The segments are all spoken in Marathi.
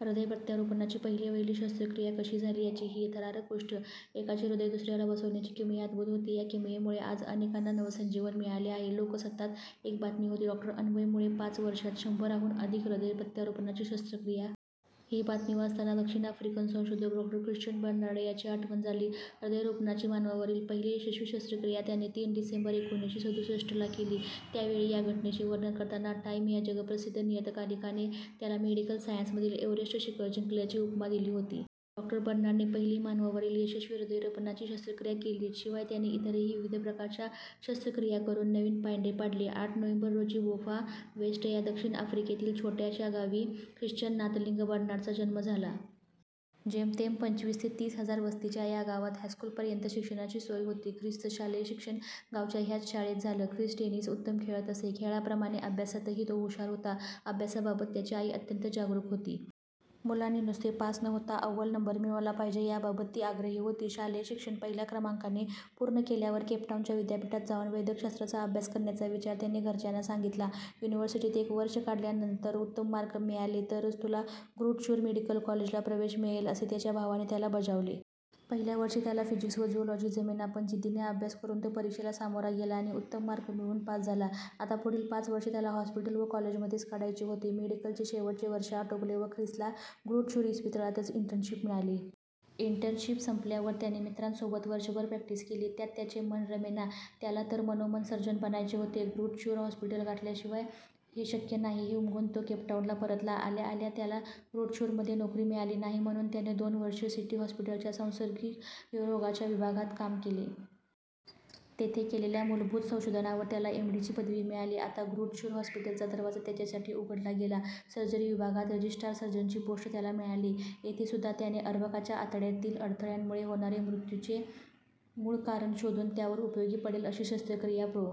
हृदय प्रत्यारोपणाची पहिलीवहिली शस्त्रक्रिया कशी झाली, त्याची ही थरारक गोष्ट! एकाचे हृदय दुसऱ्याला बसवण्याची किमया अद्भुत होती. त्या किमयेमुळे आज अनेकांना नवसंजीवन मिळत आहे! लोकसत्तात एक बातमी होती. डॉ. अन्वय मुळे पाच वर्षांत शंभराहून अधिक हृदय प्रत्यारोपण शस्त्रक्रिया! ती बातमी वाचताच दक्षिण आफ्रिकन संशोधक डॉ ख्रिश्चन बर्नार्ड याची आठवण झाली. हृदयरोपणाची मानवावरील पहिली यशस्वी शस्त्रक्रिया त्याने तीन डिसेंबर एकोणीसशे सदुसष्ट ला केली. त्या वेळी या घटनेचे वर्णन करताना टाइम या जगप्रसिद्ध नियतकालिकाने त्याला मेडिकल सायन्समधील एव्हरेस्ट शिखर जिंकल्याची उपमा दिली होती. डॉ. बर्नार्डने पहिली मानवावरील यशस्वी हृदयारोपण शस्त्रक्रिया केलीच, शिवाय त्यांनी इतरही विविध प्रकारच्या शस्त्रक्रिया करून नवीन पायंडे पाडले. आठ नोव्हेंबर रोजी बोफां वेस्ट या दक्षिण आफ्रिकेतील छोट्याशा गावी ख्रिश्चन नाथलिंग बर्नार्डचा जन्म झाला. जेमतेम पंचवीस ते तीस हजार वस्तीच्या त्या गावात हायस्कूलपर्यंत शिक्षणाची सोय होती. ख्रिसचं शालेय शिक्षण गावच्या ह्याच शाळेत झालं. ख्रिस टेनिस उत्तम खेळत असे. खेळाप्रमाणे अभ्यासातही तो हुशार होता. अभ्यासाबाबत त्याची आई अत्यंत जागरूक होती. मुलांनी नुसते पास न होता अव्वल नंबर मिळवला पाहिजे, याबाबत ती आग्रही होती. शालेय शिक्षण पहिल्या क्रमांकाने पूर्ण केल्यावर केपटाऊनच्या विद्यापीठात जाऊन वैद्यकशास्त्राचा अभ्यास करण्याचा विचार त्याने घरच्यांना सांगितला. युनिव्हर्सिटीत एक वर्ष काढल्यावर, उत्तम मार्क मिळाले तरच तुला ग्रुट शूर मेडिकल कॉलेजला प्रवेश मिळेल, असे त्याच्या भावाने त्याला बजावले. पहिल्या वर्षी त्याला फिजिक्स व झूऑलॉजी जमेना. पण जिद्दीने अभ्यास करून तो परीक्षेला सामोरा गेला आणि उत्तम मार्क मिळवून पास झाला. आता पुढील पाच वर्षं त्याला हॉस्पिटल व कॉलेजमध्येच काढायची होती. मेडिकलचे शेवटचे वर्ष आटोपले व ख्रिसला ग्रुट शूर इस्पितळातच इन्टर्नशिप मिळाली. इन्टर्नशिप संपल्यावर त्याने मित्रासोबत वर्षभर प्रॅक्टिस केली. त्यात त्याचे मन रमेना. त्याला तर मनोमन सर्जन बनायचे होते. ग्रुट शूर हॉस्पिटल गाठल्याशिवाय हे शक्य नाही, हे उमगून तो केपटाऊनला परतला. आल्या आल्या त्याला ग्रुट शूर मध्ये नोकरी मिळाली नाही, म्हणून त्याने दोन वर्षं सिटी हॉस्पिटलच्या सांसर्गिक रोगांच्या विभागात काम केले. तेथे केलेल्या मूलभूत संशोधनावर त्याला एम्. डी. ची पदवी मिळाली. आता ग्रुट शूर हॉस्पिटलचा दरवाजा त्याच्यासाठी उघडला गेला. सर्जरी विभागात रजिस्ट्रार सर्जनची पोस्ट त्याला मिळाली. येथे सुद्धा त्याने अर्भकांच्या आतड्यांतील अडथळ्यांमुळे होणारे मृत्यूचे मूळ कारण शोधून त्यावर उपयोगी पडेल अशी शस्त्रक्रिया प्रो.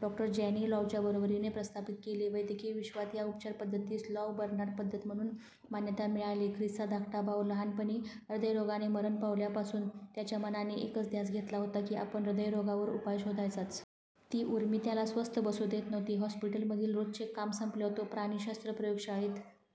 डॉ. जॅनी लॉवच्या बरोबरीने प्रस्थापित केली. वैद्यकीय विश्वात ह्या उपचार पद्धतीस लॉव बर्नार्ड पद्धत म्हणून मान्यता मिळाली. ख्रिसचा धाकटा भाऊ लहानपणी हृदयरोगाने मरण पावल्यापासून त्याच्या मनाने ध्यास घेतलेला होता की, आपण हृदयरोगावर उपाय शोधायचा. ती ऊर्मी त्याला स्वस्थ बसू देत नव्हती. हॉस्पिटलमधील रोजचे काम संपल्यावर तो प्राणिशास्त्र प्रयोगशाळेत,